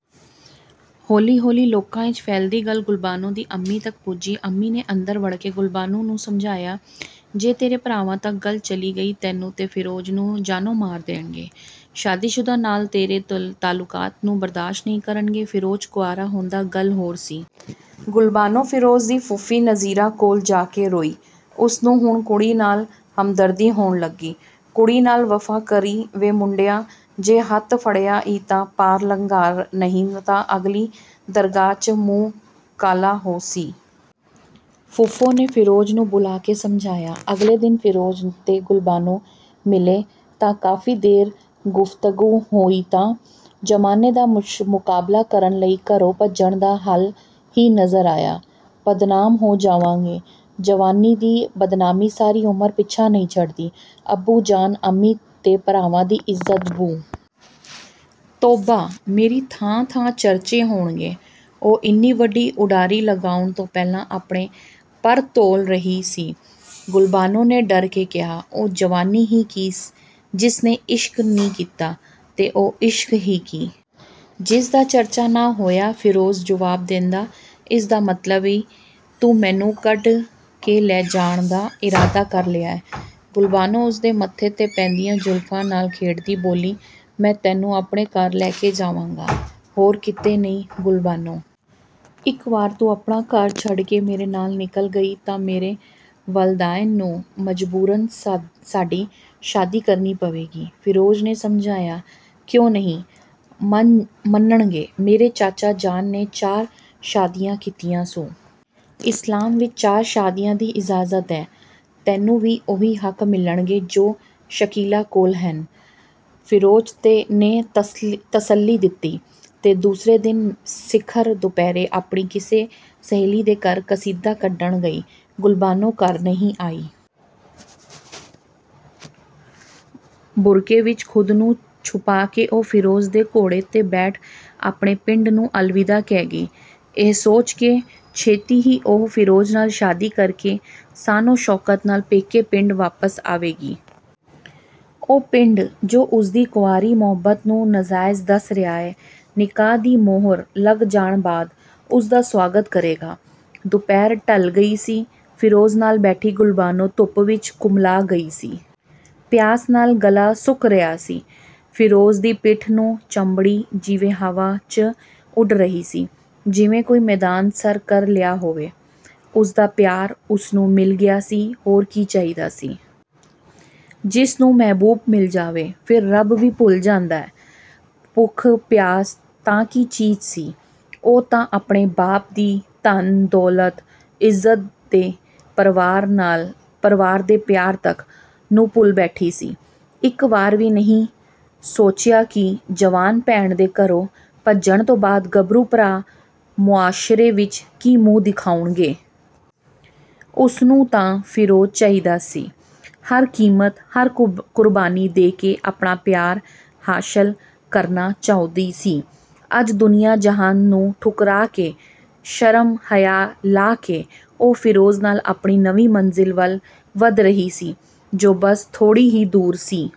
ਹੌਲੀ ਹੌਲੀ ਲੋਕਾਂ, ਚ' ਫੈਲਦੀ ਗੱਲ ਗੁਲਬਾਨੋ ਦੀ ਅੰਮੀ ਤੱਕ ਪੁੱਜੀ। ਅੰਮੀ ਨੇ ਅੰਦਰ ਵੜਕੇ ਗੁਲਬਾਨੋ ਨੂੰ ਸਮਝਾਇਆ ਜੇ ਤੇਰੇ ਭਰਾਵਾਂ ਤੱਕ ਗੱਲ ਚਲੀ ਗਈ ਤੈਨੂੰ ਤੇ ਫਿਰੋਜ਼ ਨੂੰ ਜਾਨੋ ਮਾਰ ਦੇਣਗੇ। ਸ਼ਾਦੀਸ਼ੁਦਾ ਨਾਲ ਤੇਰੇ ਤਅਲੁਕਾਤ ਨੂੰ ਬਰਦਾਸ਼ਤ ਨਹੀ ਕਰਨਗੇ, ਫਿਰੋਜ਼ ਕੁਆਰਾ ਹੁੰਦਾ ਗੱਲ ਹੋਰ ਸੀ। ਗੁਲਬਾਨੋ, ਫਿਰੋਜ਼ ਦੀ ਫੂਫੀ ਨਜ਼ੀਰਾਂ ਕੋਲ ਜਾ ਕੇ ਰੋਈ। ਉਸ ਨੂੰ ਹੁਣ ਕੁੜੀ ਨਾਲ ਹਮਦਰਦੀ ਹੋਣ ਲੱਗੀ। "ਕੁੜੀ ਨਾਲ ਵਫ਼ਾ ਕਰੀ ਵੇ ਮੁੰਡਿਆ, ਜੇ ਹੱਥ ਫੜਿਆ ਈ ਤਾਂ ਪਾਰ ਲੰਘਾ ਨਹੀ ਤਾਂ ਅਗਲੀ ਦਰਗਾਹ, ਚ' ਮੂੰਹ ਕਾਲਾ ਹੋਸੀ".. ਫੂਫੋ ਨੇ ਫਿਰੋਜ਼ ਨੂੰ ਬੁਲਾ ਕੇ ਸਮਝਾਇਆ। ਅਗਲੇ ਦਿਨ ਫਿਰੋਜ਼ ਤੇ ਗੁਲਬਾਨੋ ਮਿਲੇ ਤਾਂ ਕਾਫੀ ਦੇਰ ਗੁਫਤਗੂ ਹੋਈ ਤਾਂ…. ਜ਼ਮਾਨੇ ਦਾ ਮੁਕਾਬਲਾ ਕਰਨ ਲਈ ਘਰੋ ਭੱਜਣ ਦਾ ਹੱਲ ਹੀ ਨਜ਼ਰ ਆਇਆ। "ਬਦਨਾਮ ਹੋ ਜਾਵਾਂਗੇ"… ਜਵਾਨੀ ਦੀ ਬਦਨਾਮੀ ਸਾਰੀ ਉਮਰ ਪਿੱਛਾ ਨਹੀ ਛੱਡਦੀ, ਅੱਬੂ ਜਾਨ, ਅੰਮੀ ਤੇ ਭਰਾਵਾਂ ਦੀ ਇੱਜਤ ਬੂ"…. ਤੋਬਾ ਮੇਰੀ ਥਾਂ ਥਾਂ ਚਰਚੇ ਹੋਣਗੇ। ਉਹ ਇੰਨੀ ਵੱਡੀ ਉਡਾਰੀ ਲਗਾਉਣ ਤੋਂ ਪਹਿਲਾਂ ਆਪਣੇ ਪਰ ਤੋਲ ਰਹੀ ਸੀ…. ਗੁਲਬਾਨੋ ਨੇ ਡਰ ਕੇ ਕਿਹਾ.. "ਉਹ ਜਵਾਨੀ ਹੀ ਕੀ ਜਿਸ ਨੇ ਇਸ਼ਕ ਨੀ ਕੀਤਾ ਤੇ ਉਹ ਇਸ਼ਕ ਹੀ ਕੀ.. ਜਿਸ ਦਾ ਚਰਚਾ ਨਾ ਹੋਇਆ.. ਫਿਰੋਜ਼ ਜੁਵਾਬ ਦਿੰਦਾ। ਇਸ ਦਾ ਮਤਲਬ ਈ, ਤੂੰ ਮੈਨੂੰ ਕੱਢ ਕੇ ਲੈ ਜਾਣ ਦਾ ਇਰਾਦਾ ਕਰ ਲਿਆ ਏ..! ਗੁਲਬਾਨੋ ਉਸਦੇ ਮੱਥੇ ਤੇ ਪੈਂਦੀਆਂ ਜ਼ੁਲਫ਼ਾ ਨਾਲ ਖੇਡਦੀ ਬੋਲੀ… "ਮੈਂ ਤੈਨੂੰ ਆਪਣੇ ਘਰ ਲੈ ਕੇ ਜਾਵਾਂਗਾ ਹੋਰ ਕਿਤੇ ਨੀ ਗੁਲਬਾਨੋ"….. ਇੱਕ ਵਾਰ ਤੂੰ ਆਪਣਾ ਘਰ ਛੱਡਕੇ ਮੇਰੇ ਨਾਲ ਨਿਕਲ ਗਈ ਤਾਂ ਮੇਰੇ ਵਾਲਦਾਇਨ ਨੂੰ ਮਜਬੂਰਨ ਸਾਡੀ ਸ਼ਾਦੀ ਕਰਨੀ ਪਵੇਗੀ.. ਫਿਰੋਜ਼ ਨੇ ਸਮਝਾਇਆ। "ਕਿਉ ਨਹੀ ਮੰਨਣਗੇ..! ਮੇਰੇ ਚਾਚਾ ਜਾਨ ਨੇ ਚਾਰ ਸ਼ਾਦੀਆ ਕੀਤੀਆ ਸੂ। ਇਸਲਾਮ ਵਿੱਚ ਚਾਰ ਸ਼ਾਦੀਆ ਦੀ ਇਜ਼ਾਜਤ ਏ। ਤੈਨੂੰ ਵੀ ਉਹੀ ਹੱਕ ਮਿਲਣਗੇ ਜੋ ਸ਼ਕੀਲਾ ਕੋਲ ਹੈਨ.. ਫਿਰੋਜ਼ ਨੇ ਤਸੱਲੀ ਦਿਤੀ। ਤੇ ਦੂਸਰੇ ਦਿਨ ਸਿਖਰ ਦੁਪਹਿਰੇ ਆਪਣੀ ਕਿਸੇ ਸਹੇਲੀ ਦੇ ਘਰ ਕਸੀਦਾ ਕੱਢਣ ਗਈ ਗੁਲਬਾਨੋ ਘਰ ਨਹੀ ਆਈ। ਬੁਰਕੇ ਵਿੱਚ ਖ਼ੁਦ ਨੂੰ ਛੁਪਾਕੇ ਉਹ ਫਿਰੋਜ਼ ਦੇ ਘੋੜੇ ਤੇ ਬੈਠ ਆਪਣੇ ਪਿੰਡ ਨੂੰ ਅਲਵਿਦਾ ਕਹਿ ਗਈ। ਇਹ ਸੋਚ ਕੇ, ਛੇਤੀ ਹੀ ਉਹ ਫਿਰੋਜ਼ ਨਾਲ ਸ਼ਾਦੀ ਕਰਕੇ.. ਸ਼ਾਨੋ-ਸ਼ੌਕਤ ਨਾਲ ਪੇਕੇ ਪਿੰਡ ਵਾਪਸ ਆਵੇਗੀ। ਉਹ ਪਿੰਡ, ਜੋ ਉਸਦੀ ਕੰਵਾਰੀ ਮੁਹੱਬਤ ਨੂੰ ਨਜ਼ਾਇਜ ਦੱਸ ਰਿਹਾ ਏ, ਨਿਕਾਹ ਦੀ ਮੋਹਰ ਲੱਗ ਜਾਣ ਬਾਅਦ ਉਸ ਦਾ ਸੁਆਗਤ ਕਰੇਗਾ। ਦੁਪਹਿਰ ਢਲ ਗਈ ਸੀ, ਫਿਰੋਜ਼ ਨਾਲ ਬੈਠੀ ਗੁਲਬਾਨੋ ਧੁੱਪ ਵਿੱਚ ਕੁਮਲਾ ਗਈ ਸੀ। ਪਿਆਸ ਨਾਲ ਗਲਾ ਸੁੱਕ ਰਿਹਾ ਸੀ। ਫਿਰੋਜ਼ ਦੀ ਪਿੱਠ ਨੂੰ ਚੰਬੜੀ, ਜਿਵੇ ਹਵਾ, ਚ' ਉਡ ਰਹੀ ਸੀ। ਜਿਵੇ ਕੋਈ ਮੈਦਾਨ ਸਰ ਕਰ ਲਿਆ ਹੋਵੇ। ਉਸਦਾ ਪਿਆਰ ਉਸਨੂੰ ਮਿਲ ਗਿਆ ਸੀ, ਹੋਰ ਕੀ ਚਾਹੀਦਾ ਸੀ। ਜਿਸ ਨੂੰ ਮਹਿਬੂਬ ਮਿਲ ਜਾਵੇ ਫਿਰ ਰੱਬ ਵੀ ਭੁੱਲ ਜਾਂਦਾ। ਭੁੱਖ-ਪਿਆਸ ਤਾਂ ਕੀ ਚੀਜ਼ ਸੀ, ਉਹ ਤਾਂ ਆਪਣੇ ਬਾਪ ਦੀ ਧਨ-ਦੌਲਤ, ਇੱਜਤ ਤੇ ਪ੍ਰਵਾਰ ਨਾਲ ਪ੍ਰਵਾਰ ਦੇ ਪਿਆਰ ਤੱਕ ਨੂੰ ਭੁਲਾ ਬੈਠੀ ਸੀ। ਇੱਕ ਵਾਰ ਵੀ ਨਹੀ ਸੋਚਿਆਕਿ ਜਵਾਨ ਭੈਣ ਦੇ ਘਰੋ ਭੱਜਣ ਤੋਂ ਬਾਅਦ ਗੱਭਰੂ ਭਰਾ ਮੁਆਸ਼ਰੇ ਵਿੱਚ ਕੀ ਮੂੰਹ ਦਿਖਾਉਣਗੇ। ਉਸਨੂੰ ਤਾਂ ਫਿਰੋਜ਼ ਚਾਹੀਦਾ ਸੀ, ਹਰ ਕੀਮਤ, ਹਰ ਕੁਰਬਾਨੀ ਦੇ ਕੇ ਆਪਣਾ ਪਿਆਰ ਹਾਸ਼ਲ ਕਰਨਾ ਚਹੁੰਦੀ ਸੀ। ਅੱਜ ਦੁਨੀਆ ਜਹਾਨ ਨੂੰ ਠੁਕਰਾ ਕੇ ਸ਼ਰਮ-ਹਯਾ ਲਾਹ ਕੇ ਉਹ ਫਿਰੋਜ਼ ਨਾਲ ਆਪਣੀ ਨਵੀ ਮੰਜ਼ਿਲ ਵੱਲ ਵੱਧ ਰਹੀ ਸੀ, ਜੋ ਬਸ ਥੋੜ੍ਹੀ ਹੀ ਦੂਰ ਸੀ।